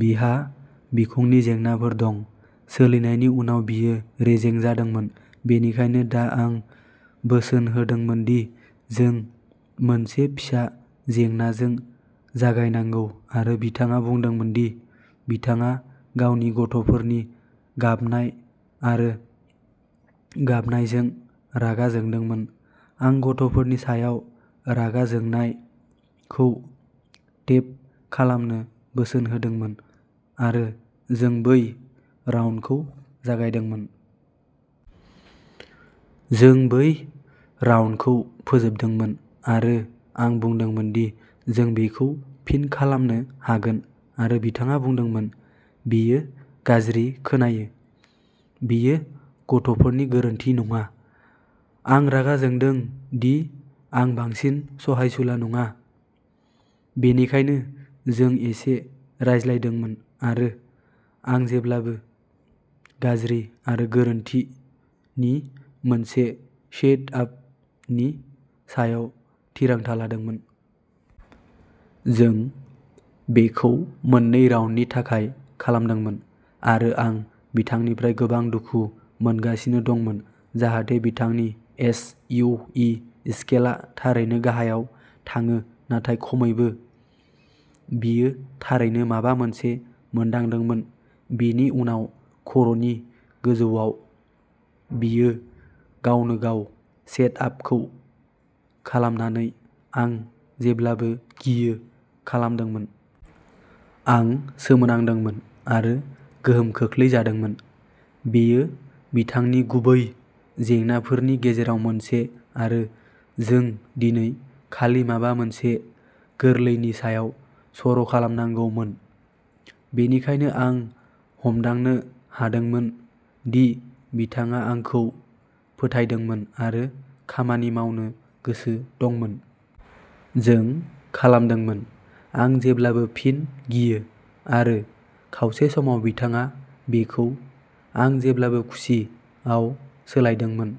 बिहा बिखुंनि जेंनाफोर दं। सोलिनायनि उनाव बियो रेजें मोनदोंमोन। बेनिखायनो दा आं बोसोन होदोंमोन दि जों मोनसे फिसा जेंनाजों जागायनांगौ आरो बिथाङा बुंदोंमोन दि बिथाङा गावनि गथ'फोरनि गाबनाय आरो गाबनायजों रागा जोंदोंमोन। आं "गथ'फोरनि सायाव रागा जोंनाय" खौ टेप खालामनो बोसोन होदोंमोन आरो जों बै राउन्डखौ जागायदोंमोन। जों बै राउन्डखौ फोजोबदोंमोन आरो आं बुंदोंमोन दि जों बेखौ फिन खालामनो हागोन आरो बिथाङा बुंदोंमोन "बेयो गाज्रि खोनायो, बेयो गथ'फोरनि गोरोन्थि नङा। आं रागा जोंदों दि आं बांसिन सहायसुला नङा। " बेनिखायनो जों एसे रायज्लायदोंमोन आरो "आं जेब्लाबो गाज्रि आरो गोरोन्थि" नि मोनसे सेटआपनि सायाव थिरांथा लादोंमोन। जों बेखौ मोननै राउन्डनि थाखाय खालामदोंमोन आरो आं बिथांनिफ्राय गोबां दुखु मोनगासिनो दंमोन जाहाथे बिथांनि एस. यु. इ. स्केलआ थारैनो गाहायाव थाङो नाथाय खमैबो। बियो थारैनो माबा मोनसे मोन्दांदोंमोन। बेनि उनाव खर'नि गोजौआव बियो गावनो-गाव सेटआपखौ सोलायनानै "आं जेब्लाबो गियो" खालामदोंमोन। आं सोमोनांदोंमोन आरो गोहोम खोख्लैजादोंमोन। बेयो बिथांनि गुबै जेंनाफोरनि गेजेराव मोनसे आरो जों दिनै खालि माबा मोनसे गोरलैनि सायाव सर'खालामनांगौमोन। बेनिखायनो आं हमदांनो हादोंमोन दि बिथाङा आंखौ फोथायदोंमोन आरो खामानि मावनो गोसो दंमोन। जों खालामदोंमोन "आं जेब्लाबो फिन गियो" आरो खावसे समाव बिथाङा बेखौ "आं जेब्लाबो खुसि" आव सोलायदोंमोन।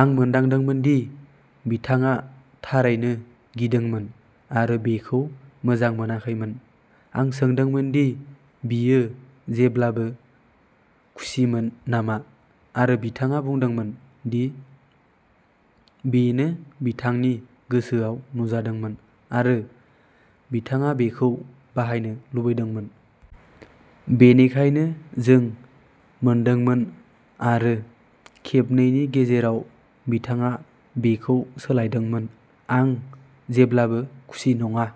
आं मोनदांदोंमोन दि बिथाङा थारैनो गिदोंमोन आरो बेखौ मोजां मोनाखैमोन। आं सोंदोंमोन दि बियो जेब्लाबो खुसिमोन नामा आरो बिथाङा बुंदोंमोन दि बेनो बिथांनि गोसोआव नुजादोंमोन आरो बिथाङा बेखौ बाहायनो लुबैदोंमोन। बेनिखायनो जों मोनदोंमोन आरो खेबनैनि गेजेराव बिथाङा बेखौ सोलायदोंमोन "आं जेब्लाबो खुसि नङा"।